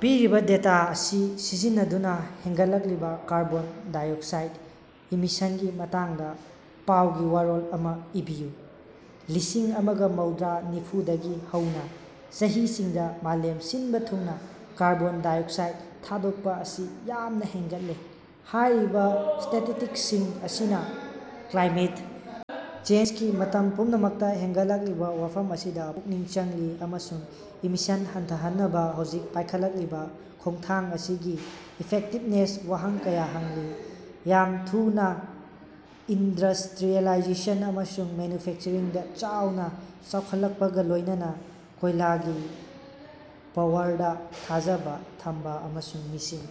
ꯄꯤꯔꯤꯕ ꯗꯦꯇꯥ ꯑꯁꯤ ꯁꯤꯖꯤꯟꯅꯗꯨꯅ ꯍꯦꯟꯒꯠꯂꯛꯂꯤꯕ ꯀꯥꯔꯕ‌ꯣꯟ ꯗꯥꯏꯑꯣꯛꯁꯥꯏꯠ ꯏꯃꯤꯁꯟꯒꯤ ꯃꯇꯥꯡꯗ ꯄꯥꯎꯒꯤ ꯋꯥꯔꯣꯜ ꯑꯃꯥ ꯏꯕꯤꯌꯨ꯫ ꯂꯤꯁꯤꯡ ꯑꯃꯒ ꯃꯧꯗ꯭ꯔꯥ ꯅꯤꯐꯨ ꯗꯒꯤ ꯍꯧꯅ ꯆꯍꯤꯁꯤꯡꯗ ꯃꯥꯂꯦꯝ ꯁꯤꯟꯕ ꯊꯨꯡꯅ ꯀꯥꯔꯕ‌ꯣꯟ ꯗꯥꯏꯑꯣꯛꯁꯥꯏꯠ ꯊꯥꯗꯣꯛꯄ ꯑꯁꯤ ꯌꯥꯝꯅ ꯍꯦꯟꯒꯠꯂꯦ꯫ ꯍꯥꯏꯔꯤꯕ ꯁ꯭ꯇꯦꯇꯤꯁꯇꯤꯛꯁꯁꯤꯡ ꯑꯁꯤꯅ ꯀ꯭ꯂꯥꯏꯃꯦꯠ ꯆꯦꯟꯖꯒꯤ ꯃꯇꯝ ꯄꯨꯝꯅꯃꯛꯇ ꯍꯦꯟꯒꯠꯂꯛꯂꯤꯕ ꯋꯥꯐꯝ ꯑꯁꯤꯗ ꯄꯨꯛꯅꯤꯡ ꯆꯪꯂꯤ ꯑꯃꯁꯨꯡ ꯏꯃꯤꯁꯟ ꯍꯟꯊꯍꯟꯅꯕ ꯍꯧꯖꯤꯛ ꯄꯥꯏꯈꯠꯂꯤꯕ ꯈꯣꯡꯊꯥꯡꯁꯤꯡ ꯑꯁꯤꯒꯤ ꯏꯐꯦꯛꯇꯤꯕꯅꯦꯁꯇ ꯋꯥꯍꯪ ꯀꯌꯥ ꯍꯪꯂꯤ꯫ ꯌꯥꯝꯅ ꯊꯨꯅꯥ ꯏꯟꯗꯁꯇ꯭ꯔꯤꯌꯦꯂꯥꯏꯖꯦꯁꯟ ꯑꯃꯁꯨꯡ ꯃꯦꯅ꯭ꯌꯨꯐꯦꯛꯆꯔꯤꯡꯗ ꯆꯥꯎꯅ ꯆꯥꯎꯈꯠꯂꯛꯄꯒ ꯂꯣꯏꯅꯅ ꯀꯣꯏꯂꯥꯒꯤ ꯄꯥꯋꯔꯗ ꯊꯥꯖꯕ ꯊꯝꯕ ꯑꯃꯁꯨꯡ ꯃꯤꯁꯤꯡ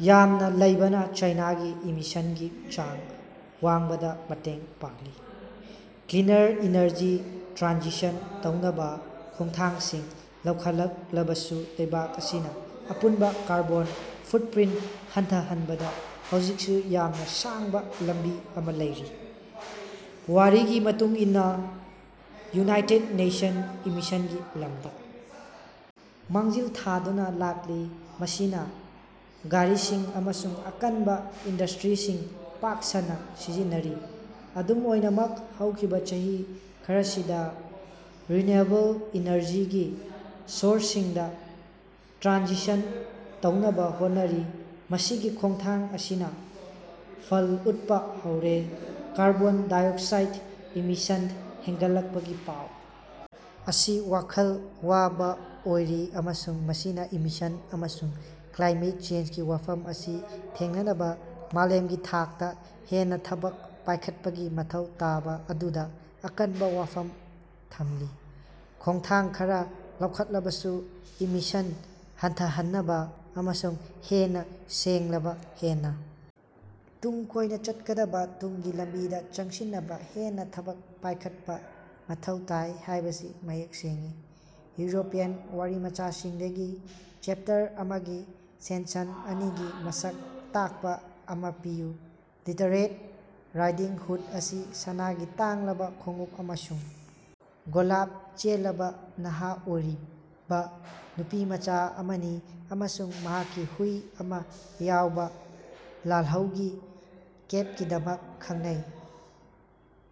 ꯌꯥꯝꯅ ꯂꯩꯕꯅ ꯆꯥꯏꯅꯥꯒꯤ ꯏꯃꯤꯁꯟꯒꯤ ꯆꯥꯡ ꯋꯥꯡꯕꯗ ꯃꯇꯦꯡ ꯄꯥꯡꯂꯤ꯫ ꯀ꯭ꯂꯤꯅꯔ ꯏꯅꯔꯖꯤꯗ ꯇ꯭ꯔꯥꯟꯁꯤꯁꯟ ꯇꯧꯅꯕ ꯈꯣꯡꯊꯥꯡꯁꯤꯡ ꯂꯧꯈꯠꯂꯕꯁꯨ ꯂꯩꯕꯥꯛ ꯑꯁꯤꯅ ꯑꯄꯨꯟꯕ ꯀꯥꯔꯕꯣꯟ ꯐꯨꯠꯄ꯭ꯔꯤꯟ ꯍꯟꯊꯍꯟꯕꯗ ꯍꯧꯖꯤꯛꯁꯨ ꯌꯥꯝꯅ ꯁꯥꯡꯕ ꯂꯝꯕꯤ ꯑꯃꯥ ꯂꯩꯔꯤ꯫ ꯄꯨꯋꯥꯔꯤꯒꯤ ꯃꯇꯨꯡ ꯏꯟꯅ ꯌꯨꯅꯥꯏꯇ‌ꯦꯠ ꯅ‌ꯦꯁꯟ ꯏꯃꯤꯁꯟꯒꯤ ꯂꯝꯗ ꯃꯥꯡꯖꯤꯜ ꯊꯥꯗꯨꯅ ꯂꯥꯛꯂꯤ ꯃꯁꯤꯅ ꯒꯥꯔꯤꯁꯤꯡ ꯑꯃꯁꯨꯡ ꯑꯀꯟꯕ ꯏꯟꯗꯁꯇ꯭ꯔꯤꯁꯤꯡ ꯄꯥꯛ ꯁꯟꯅ ꯁꯤꯖꯤꯟꯅꯔꯤ꯫ ꯑꯗꯨꯝ ꯑꯣꯏꯅꯃꯛ ꯍꯧꯈꯤꯕ ꯆꯍꯤ ꯈꯔꯁꯤꯗ ꯔꯤꯅ‍꯭ꯌꯨꯑꯦꯕꯜ ꯏꯅꯔꯖꯤꯒꯤ ꯁꯣꯔꯁꯁꯤꯡꯗ ꯇ꯭ꯔꯥꯟꯁꯤꯁꯟ ꯇꯧꯅꯕ ꯍꯣꯠꯅꯔꯤ ꯃꯁꯤꯒꯤ ꯈꯣꯡꯊꯥꯡ ꯑꯁꯤꯅ ꯐꯜ ꯎꯠꯄ ꯍꯧꯔꯦ꯫ ꯀꯥꯔꯕ‌ꯣꯟ ꯗꯥꯏꯑꯣꯛꯁꯥꯏꯠ ꯏꯃꯤꯁꯟ ꯍꯦꯟꯒꯠꯂꯛꯄꯒꯤ ꯄꯥꯎ ꯑꯁꯤ ꯋꯥꯈꯜ ꯋꯥꯕ ꯑꯣꯏꯔꯤ ꯑꯃꯁꯨꯡ ꯃꯁꯤꯅ ꯏꯃꯤꯁꯟ ꯑꯃꯁꯨꯡ ꯀ꯭ꯂꯥꯏꯃꯦꯠ ꯆꯦꯟꯖꯒꯤ ꯋꯥꯐꯝ ꯑꯁꯤ ꯊꯦꯡꯅꯅꯕ ꯃꯥꯂꯦꯝꯒꯤ ꯊꯥꯛꯇ ꯍꯦꯟꯅ ꯊꯕꯛ ꯄꯥꯏꯈꯠꯄꯒꯤ ꯃꯊꯧ ꯇꯥꯕ ꯑꯗꯨꯗ ꯑꯀꯟꯕ ꯋꯥꯐꯝ ꯊꯝꯂꯤ꯫ ꯈꯣꯡꯊꯥꯡ ꯈꯔ ꯂꯧꯈꯠꯂꯕꯁꯨ ꯏꯃꯤꯁꯟ ꯍꯟꯊꯍꯟꯅꯕ ꯑꯃꯁꯨꯡ ꯍꯦꯟꯅ ꯁꯦꯡꯂꯕ ꯍꯦꯟꯅ ꯇꯨꯡ ꯀꯣꯏꯅ ꯆꯠꯀꯗꯕ ꯇꯨꯡꯒꯤ ꯂꯝꯕꯤꯗ ꯆꯪꯁꯤꯟꯅꯕ ꯍꯦꯟꯅ ꯊꯕꯛ ꯄꯥꯏꯈꯠꯄ ꯃꯊꯧ ꯇꯥꯏ ꯍꯥꯏꯕꯁꯤ ꯃꯌꯦꯛ ꯁꯦꯡꯏ꯫ ꯌꯨꯔꯣꯄꯤꯌꯟ ꯋꯥꯔꯤꯃꯆꯥꯁꯤꯡꯗꯒꯤ ꯆ‌ꯦꯞꯇꯔ ꯑꯃꯒꯤ ꯁꯦꯟꯁꯟ ꯑꯅꯤꯒꯤ ꯃꯁꯛ ꯇꯥꯛꯄ ꯑꯃ ꯄꯤꯌꯨ꯫ ꯂꯤꯇꯜ ꯔꯦꯗ ꯔꯥꯏꯗꯤꯡ ꯍꯨꯗ ꯑꯁꯤ ꯁꯅꯥꯒꯤ ꯇꯥꯡꯂꯕ ꯈꯣꯡꯎꯞ ꯑꯃꯁꯨꯡ ꯒꯣꯂꯥꯞ ꯆꯦꯜꯂꯕ ꯅꯍꯥ ꯑꯣꯏꯔꯤꯕ ꯅꯨꯄꯤꯃꯆꯥ ꯑꯃꯅꯤ ꯑꯃꯁꯨꯡ ꯃꯍꯥꯛꯀꯤ ꯍꯨꯏ ꯑꯃ ꯌꯥꯎꯕ ꯂꯥꯜꯍꯧꯒꯤ ꯀꯦꯞꯀꯤꯗꯃꯛ ꯈꯪꯅꯩ꯫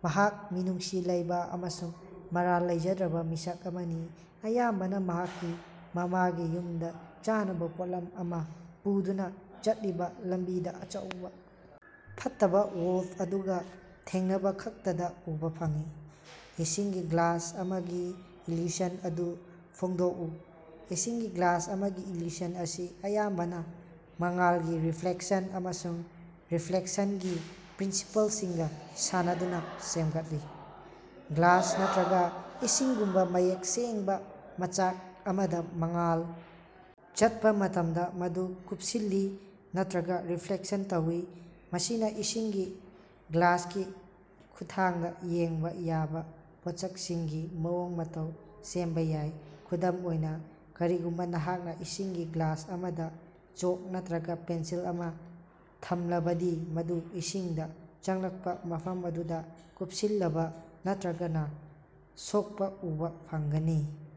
ꯃꯍꯥꯛ ꯃꯤꯅꯨꯡꯁꯤ ꯂꯩꯕ ꯑꯃꯁꯨꯡ ꯃꯔꯥꯜ ꯂꯩꯖꯗ꯭ꯔꯕ ꯃꯤꯁꯛ ꯑꯃꯅꯤ, ꯑꯌꯥꯝꯕꯅ ꯃꯍꯥꯛꯀꯤ ꯃꯃꯥꯒꯤ ꯌꯨꯝꯗ ꯆꯥꯅꯕ ꯄꯣꯠꯂꯝ ꯑꯃ ꯄꯨꯗꯨꯅ ꯆꯠꯂꯤꯕ, ꯂꯝꯕꯤꯗ ꯑꯆꯧꯕ ꯐꯠꯇꯕ ꯋ‌ꯣꯜꯐ ꯑꯗꯨꯒ ꯊꯦꯡꯅꯕꯈꯛꯇꯗ ꯎꯕ ꯐꯪꯏ꯫ ꯏꯁꯤꯡꯒꯤ ꯒ꯭ꯂꯥꯁ ꯑꯃꯒꯤ ꯏꯜꯌꯨꯁꯟ ꯑꯗꯨ ꯐꯣꯡꯗꯣꯛꯎ꯫ ꯏꯁꯤꯡꯒꯤ ꯒ꯭ꯂꯥꯁ ꯑꯃꯒꯤ ꯏꯜꯌꯨꯁꯟ ꯑꯁꯤ ꯑꯌꯥꯝꯕꯅ ꯃꯉꯥꯜꯒꯤ ꯔꯤꯐ꯭ꯂꯦꯛꯁꯟ ꯑꯃꯁꯨꯡ ꯔꯤꯐ꯭ꯂ‌ꯦꯛꯁꯟꯒꯤ ꯄ꯭ꯔꯤꯟꯁꯤꯄꯜꯁꯤꯡꯒ ꯁꯥꯟꯅꯗꯨꯅ ꯁꯦꯝꯒꯠꯂꯤ꯫ ꯒ꯭ꯂꯥꯁ ꯅꯠꯇ꯭ꯔꯒ ꯏꯁꯤꯡꯒꯨꯝꯕ ꯃꯌꯦꯛ ꯁꯦꯡꯕ ꯃꯆꯥꯛ ꯑꯃꯗ ꯃꯉꯥꯜ ꯆꯠꯄ ꯃꯇꯝꯗ, ꯃꯗꯨ ꯀꯨꯞꯁꯤꯜꯂꯤ ꯅꯠꯇ꯭ꯔꯒ ꯔꯤꯐ꯭ꯂ‌ꯦꯛ ꯇꯧꯏ꯫ ꯃꯁꯤꯅ ꯏꯁꯤꯡꯒꯤ ꯒ꯭ꯂꯥꯁꯀꯤ ꯈꯨꯠꯊꯥꯡꯗ ꯌꯦꯡꯕ ꯌꯥꯕ ꯄꯣꯠꯁꯛꯁꯤꯡꯒꯤ ꯃꯑꯣꯡ-ꯃꯇꯧ ꯁꯦꯝꯕ ꯌꯥꯏ꯫ ꯈꯨꯗꯝ ꯑꯣꯏꯅ, ꯀꯔꯤꯒꯨꯝꯕ ꯅꯍꯥꯛꯅ ꯏꯁꯤꯡꯒꯤ ꯒ꯭ꯂꯥꯁ ꯑꯃꯗ ꯆ‌ꯣꯛ ꯅꯠꯇ꯭ꯔꯒ ꯄꯦꯟꯁꯤꯜ ꯑꯃ ꯊꯝꯂꯕꯗꯤ, ꯃꯗꯨ ꯏꯁꯤꯡꯗ ꯆꯪꯂꯛꯄ ꯃꯐꯝ ꯑꯗꯨꯗ ꯀꯨꯞꯁꯤꯜꯂꯕ ꯅꯠꯇ꯭ꯔꯒ ꯁꯣꯛꯄ ꯎꯕ ꯐꯪꯒꯅꯤ꯫